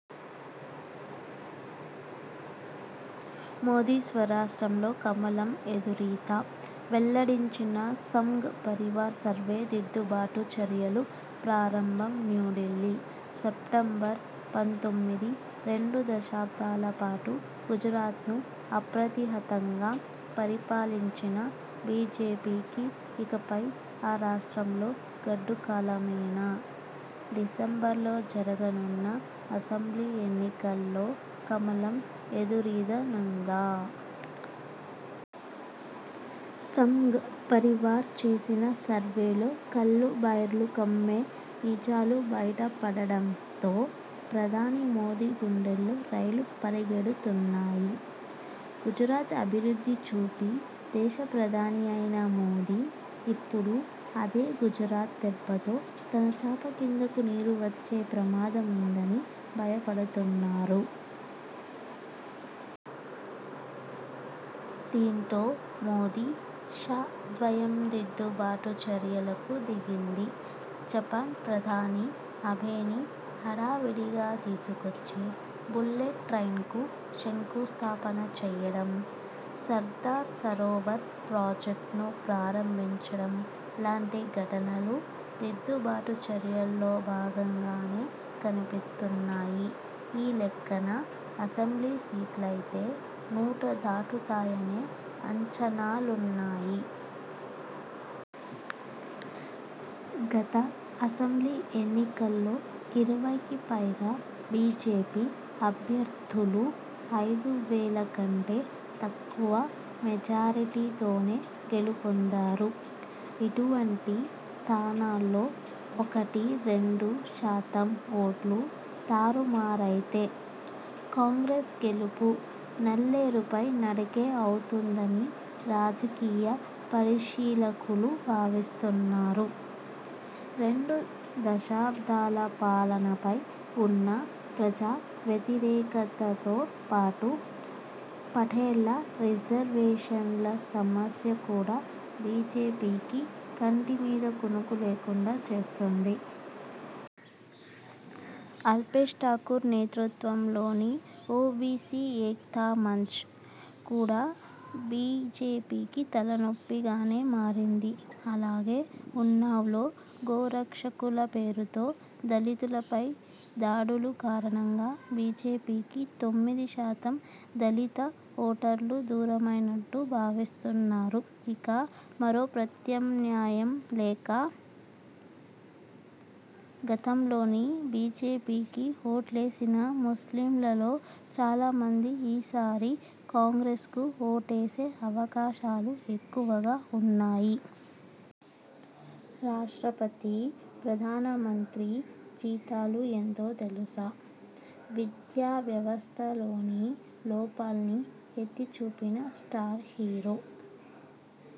మోదీ స్వరాష్ట్రంలో కమలం ఎదురీత? వెల్లడించిన సంఘ్ పరివార్ సర్వే దిద్దుబాటు చర్యలు ప్రారంభం న్యూఢిల్లీ, సెప్టెంబర్ పంతొమ్మిది రెండు దశాబ్దాల పాటు గుజరాత్ను అప్రతి హతంగా పరిపాలించిన బీజేపీకి ఇకపై ఆ రాష్ట్రంలో గడ్డు కాలమేనా? డిసెంబర్లో జరగనున్న అసెంబ్లీ ఎన్నికల్లో కమలం ఎదురీద నుందా? సంఘ్ పరివార్ చేసిన సర్వేలో కళ్లు బైర్లు కమ్మే నిజాలు బయట పడడంతో ప్రధాని మోదీ గుండెల్లో రైళ్లు పరిగెడుతున్నాయి. గుజరాత్ అభివృద్ధి చూపి దేశ ప్రధాని అయిన మోదీ, ఇప్పుడు అదే గుజరాత్ దెబ్బతో తన చాప కిందకు నీరు వచ్చే ప్రమాద ముందని భయపడుతున్నారు. దీంతో మోదీ, షా ద్వయం దిద్దు బాటు చర్యలకు దిగింది. జపాన్ ప్రధాని అబేని హడా విడిగా తీసుకొచ్చి బుల్లెట్ ట్రైన్కు శంకుస్థాపన చేయడం, సర్దార్ సరోవర్ ప్రాజెక్టును ప్రారంభించడం లాంటి ఘటనలు దిద్దు బాటు చర్యల్లో భాగంగానే కనిపిస్తున్నాయి. ఈ లెక్కన అసెంబ్లీ సీట్లైతే నూట దాటు తాయనే అంచనా లున్నాయి. గత అసెంబ్లీ ఎన్నికల్లో ఇరవైకి పైగా బీజేపీ అభ్యర్థులు ఐదు వేల కంటే తక్కువ మెజారిటీ తోనే గెలు పొందారు. ఇటువంటి స్థానాల్లో ఒకటి, రెండు శాతం ఓట్లు తారుమారైతే కాంగ్రెస్ గెలుపు నల్లేరు పై నడకే అవుతుందని రాజకీయ పరిశీలకులు భావిస్తున్నారు. రెండు దశాబ్దాల పాలనపై ఉన్న ప్రజా వ్యతిరేకతతో పాటు, పటేళ్ల రిజర్వేషన్ల సమస్య కూడా బీజేపీకి కంటి మీద కునుకు లేకుండా చేస్తోంది. అల్పేశ్ ఠాకూర్ నేతృత్వంలోని 'ఓబీసీ ఏక్తా మంచ్' కూడా బీజేపీకి తలనొప్పి గానే మారింది. అలాగే ఉనావ్లో గోరక్షకుల పేరుతో దళితుల పై దాడుల కారణంగా బీజేపీకి తొమ్మిది శాతం దళిత ఓటర్లు దూరమైనట్టు భావిస్తున్నారు. ఇక, మరో ప్రత్యామ్నాయం లేక గతంలో బీజేపీకి ఓట్లేసిన ముస్లింల లో చాలా మంది ఈ సారి కాంగ్రెస్ కు ఓటేసే అవకాశాలు ఎక్కువగా ఉన్నాయి. రాష్ట్రపతి, ప్రధాన మంత్రి జీతాలు ఎంతో తెలుసా? విద్యా వ్యవస్థలోని లోపాల్ని ఎత్తి చూపిన స్టార్ హీరో